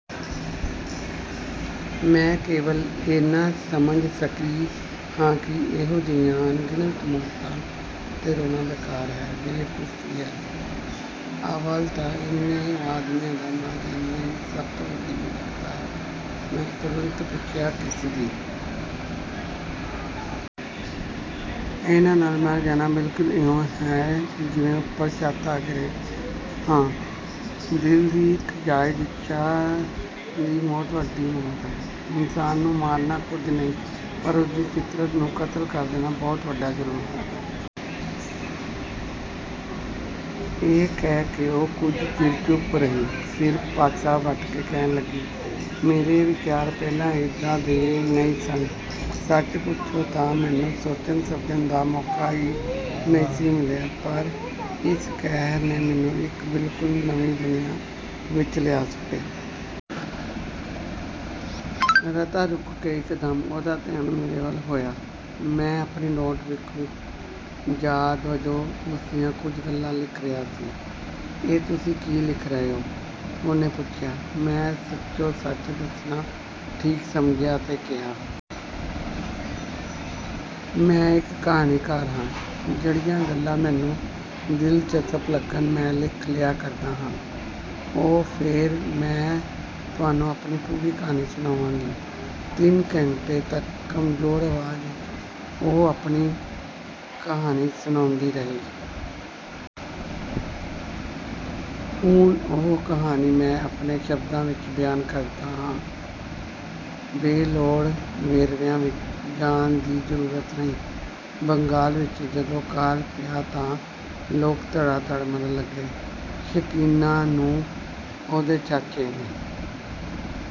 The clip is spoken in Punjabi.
ਮੈਂ ਕੇਵਲ ਏਨਾ ਸਮਝ ਸਕੀ ਹਾਂ ਕਿ ਇਹੋ ਜਿਹੀਆਂ ਅਣਗਿਣਤ ਮੌਤਾਂ ਉੱਤੇ ਰੋਣਾ ਬੇਕਾਰ ਹੈ, ਬੇਵਕੂਫ਼ੀ ਹੈ। ਅੱਵਲ ਤਾਂ ਏਨੇ ਆਦਮੀਆਂ ਦਾ ਮਰ ਜਾਣਾ ਹੀ ਸਭ ਤੋਂ ਵੱਡੀ ਮੂਰਖ਼ਤਾ ਹੈ। ਮੈਂ ਤੁਰੰਤ ਪੁੱਛਿਆ ਕਿਸ ਦੀ? ਇਹਨਾਂ ਨਾਲ ਮਰ ਜਾਣਾ ਬਿਲਕੁਲ ਇਉਂ ਹੈਜਿਵੇਂ ਉੱਪਰੋਂ ਛੱਤ ਆ ਗਿਰੇ। ਹਾਂ ਦਿਲ ਦੀ ਇੱਕ ਜਾਇਜ਼ ਇੱਛਾ ਦੀ ਮੌਤ ਬਹੁਤ ਵੱਡੀ ਮੌਤ ਹੈ। ਇਨਸਾਨ ਨੂੰ ਮਾਰਨਾ ਕੁਝ ਨਹੀਂ ਪਰ ਉਸਦੀ ਫ਼ਿਤਰਤ ਨੂੰ ਕਤਲ ਕਰ ਦੇਣਾ ਬਹੁਤ ਵੱਡਾ ਜ਼ੁਲਮ ਹੈ। ਇਹ ਕਹਿ ਕੇ ਉਹ ਕੁਝ ਚਿਰ ਚੁੱਪ ਰਹੀ। ਫੇਰ ਪਾਸਾ ਵੱਟ ਕੇ ਕਹਿਣ ਲੱਗੀ। ਮੇਰੇ ਵਿਚਾਰ ਪਹਿਲਾਂ ਏਦਾਂ ਦੇ ਨਹੀਂ ਸਨ। ਸੱਚ ਪੁੱਛੋਂ ਤਾਂ ਮੈਨੂੰ ਸੋਚਣ ਸਮਝਣ ਦਾ ਮੌਕਾ ਹੀ ਨਹੀਂ ਸੀ ਮਿਲਿਆ ਪਰ ਇਸ ਕਹਿਰ ਨੇ ਮੈਨੂੰ ਇੱਕ ਬਿਲਕੁਲ ਨਵੀਂ ਦੁਨੀਆਂ ਵਿੱਚ ਲਿਆ ਸੁੱਟਿਆ। ਰਤਾ ਰੁਕ ਕੇ ਇੱਕਦਮ ਉਹਦਾ ਧਿਆਨ ਮੇਰੇ ਵੱਲ ਹੋਇਆ। ਮੈਂ ਆਪਣੀ ਨੋਟਬੁੱਕ ਵਿੱਚ ਯਾਦ ਵਜੋਂ ਉਸਦੀਆਂ ਕੁਝ ਗੱਲਾਂ ਲਿਖ ਰਿਹਾ ਸੀ। ਇਹ ਤੁਸੀਂ ਕੀ ਲਿਖ ਰਹੇ ਓ? ਉਹਨੇ ਪੁੱਛਿਆ। ਮੈਂ ਸੱਚੋ ਸੱਚ ਦੱਸਣਾ ਠੀਕ ਸਮਝਿਆ ਅਤੇ ਕਿਹਾ। ਮੈਂ ਇੱਕ ਕਹਾਣੀਕਾਰ ਹਾਂ। ਜਿਹੜੀਆਂ ਗੱਲਾਂ ਮੈਨੂੰ ਦਿਲਚਸਪ ਲੱਗਣ ਮੈਂ ਲਿਖ ਲਿਆ ਕਰਦਾ ਹਾਂ। ਓਹ ਫੇਰ ਮੈਂ ਤੁਹਾਨੂੰ ਆਪਣੀ ਪੂਰੀ ਕਹਾਣੀ ਸੁਣਾਵਾਂਗੀ। ਤਿੰਨ ਘੰਟੇ ਤੱਕ ਕਮਜ਼ੋਰ ਆਵਾਜ਼ ਵਿੱਚ ਉਹ ਮੈਨੂੰ ਆਪਣੀ ਕਹਾਣੀ ਸੁਣਾਉਂਦੀ ਰਹੀ। ਹੁਣ ਕਹਾਣੀ ਮੈਂ ਆਪਣੇ ਸ਼ਬਦਾਂ ਵਿੱਚ ਬਿਆਨ ਕਰਦਾ ਹਾਂ। ਬੇਲੋੜੇ ਵੇਰਵਿਆਂ ਵਿੱਚ ਜਾਣ ਦੀ ਜ਼ਰੂਰਤ ਨਹੀਂ। ਬੰਗਾਲ ਵਿੱਚ ਜਦੋਂ ਕਾਲ ਪਿਆ ਤਾਂ ਲੋਕ ਧੜਾ ਧੜ ਮਰਨ ਲੱਗੇ। ਸਕੀਨਾ ਨੂੰ ਉਹਦੇ ਚਾਚੇ ਨੇ